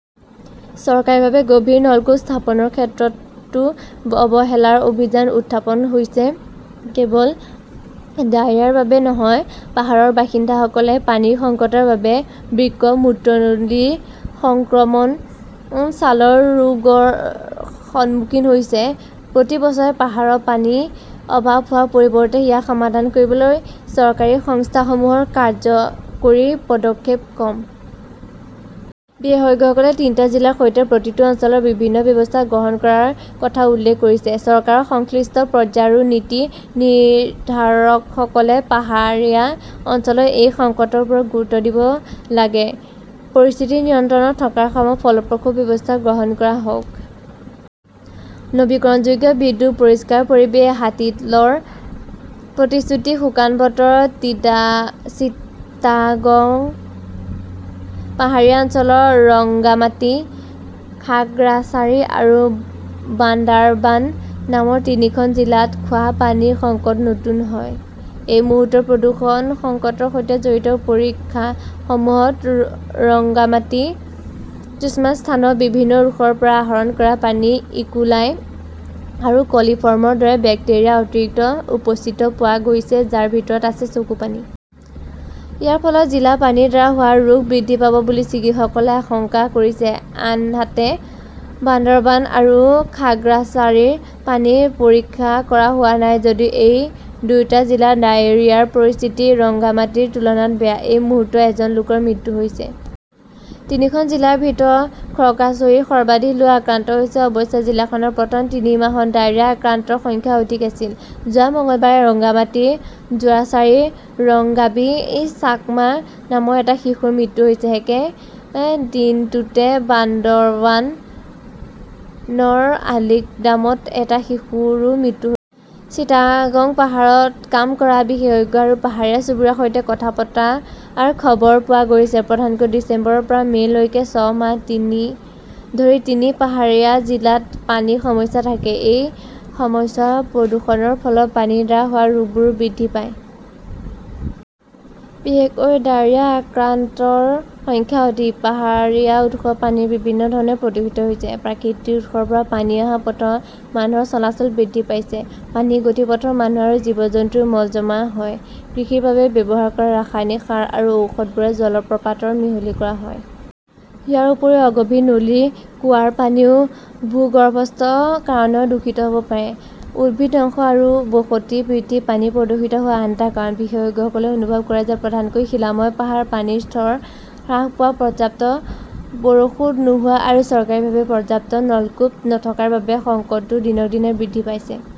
চৰকাৰীভাৱে গভীৰ নলকূপ স্থাপনৰ ক্ষেত্ৰতো অৱহেলাৰ অভিযোগ উত্থাপন হৈছে। কেৱল ডায়েৰিয়াৰ বাবেই নহয়, পাহাৰৰ বাসিন্দাসকলে পানীৰ সংকটৰ বাবে বৃক্ক, মূত্ৰনলীৰ সংক্ৰমণ, ছালৰ ৰোগৰ সন্মুখীন হৈছে। প্ৰতি বছৰে পাহাৰত পানীৰ অভাৱ হোৱাৰ বিপৰীতে ইয়াক সমাধান কৰিবলৈ চৰকাৰী সংস্থাসমূহৰ কাৰ্যকৰী পদক্ষেপ কম। বিশেষজ্ঞসকলে তিনিটা জিলাৰ সৈতে প্ৰতিটো অঞ্চলত বিভিন্ন ব্যৱস্থা গ্ৰহণ কৰাৰ কথা উল্লেখ কৰিছে। চৰকাৰৰ সংশ্লিষ্ট পৰ্যায় আৰু নীতি নিৰ্ধাৰকসকলে পাহাৰীয়া অঞ্চলত এই সংকটৰ ওপৰত গুৰুত্ব দিব লাগে। পৰিস্থিতি নিয়ন্ত্ৰণত থকাৰ সময়তে ফলপ্ৰসূ ব্যৱস্থা গ্ৰহণ কৰা হওক। নৱীকৰণযোগ্য বিদ্যুৎ, পৰিষ্কাৰ পৰিৱেশ হাতিলৰ প্ৰতিশ্ৰুতি শুকান বতৰত চিটাগংৰ পাহাৰীয়া অঞ্চলৰ ৰংগামাটি, খাগৰাচাৰী আৰু বান্দাৰবান নামৰ তিনিখন জিলাত খোৱা পানীৰ সংকট নতুন নহয়। এই মুহূৰ্তত প্ৰদূষণ সংকটৰ সৈতে জড়িত; পৰীক্ষাসমূহত ৰংগামাটীৰ কিছুমান স্থানত বিভিন্ন উৎসৰ পৰা আহৰণ কৰা পানীত ইকোলাই আৰু কলিফৰ্মৰ দৰে বেক্টেৰিয়াৰ অতিৰিক্ত উপস্থিতি পোৱা গৈছে, যাৰ ভিতৰত আছে চকুপানী। ইয়াৰ ফলত জিলা পানীৰ দ্বাৰা হোৱা ৰোগ বৃদ্ধি পাব বুলি চিকিৎসকলে আশংকা কৰিছে। আনহাতে, বান্দাৰবান আৰু খাগৰাচাৰীৰ পানী পৰীক্ষা কৰা হোৱা নাই যদিও এই দুয়োটা জিলাৰ ডায়েৰিয়াৰ পৰিস্থিতি ৰংগামাটিৰ তুলনাত বেয়া। এই মুহূৰ্তত এজন লোকৰ মৃত্যু হৈছে। তিনিখন জিলাৰ ভিতৰত খগ্ৰাচৰীত সৰ্বাধিক লোক আক্ৰান্ত হৈছে। অৱশ্যে, জিলাখনৰ প্ৰথম তিনি মাহত ডায়েৰিয়াৰ আক্ৰান্তৰ সংখ্যা অধিক আছিল। যোৱা মঙলবাৰে ৰংগামাটীৰ জুৰাছাড়ীত ৰংগাবী চাকমা নামৰ এটা শিশুৰ মৃত্যু হৈছিল। একে দিনটোতে বান্দাৰবানৰ আলীকাদমত এটা শিশুৰো মৃত্যু হৈ চিটাগং পাহাৰত কাম কৰা বিশেষজ্ঞ আৰু পাহাৰীয়া চুবুৰীয়াৰ সৈতে কথা পতাৰ খবৰ পোৱা গৈছে, প্ৰধানকৈ ডিচেম্বৰৰ পৰা মে' লৈকে ছয় মাহ তিনি ধৰি তিনি পাহাৰীয়া জিলাত পানীৰ সমস্যা থাকে। এই সময়ছোৱাত প্ৰদূষণৰ ফলত পানীৰ দ্বাৰা হোৱা ৰোগবোৰো বৃদ্ধি পায়। বিশেষকৈ ডায়েৰিয়া আক্ৰান্তৰ সংখ্যা অধিক। পাহাৰীয়া উৎসৰ পানী বিভিন্ন ধৰণে প্ৰদূষিত হৈছে। প্ৰাকৃতিক উৎসৰ পৰা পানী অহা পথত মানুহৰ চলাচল বৃদ্ধি পাইছে। পানীৰ গতিপথত মানুহ আৰু জীৱ-জন্তুৰ মল জমা হয়। কৃষিৰ বাবে ব্যৱহাৰ কৰা ৰাসায়নিক সাৰ আৰু ঔষধবোৰো জলপ্ৰপাতত মিহলি কৰা হয়। ইয়াৰ উপৰিও অগভীৰ নলীৰ কুঁৱাৰ পানীও ভূগৰ্ভস্থ কাৰণত দূষিত হ'ব পাৰে। উদ্ভিদ ধ্বংস আৰু বসতি বৃদ্ধি পানী প্ৰদূষিত হোৱাৰ আন এটা কাৰণ। বিশেষজ্ঞসকলে অনুভৱ কৰে যে, প্ৰধানকৈ শিলাময় পাহাৰ, পানীৰ স্তৰ হ্ৰাস পোৱা, পৰ্যাপ্ত বৰষুণ নোহোৱা আৰু চৰকাৰীভাৱে পৰ্যাপ্ত নলকূপ নথকাৰ বাবে সংকটটো দিনক দিনে বৃদ্ধি পাইছে।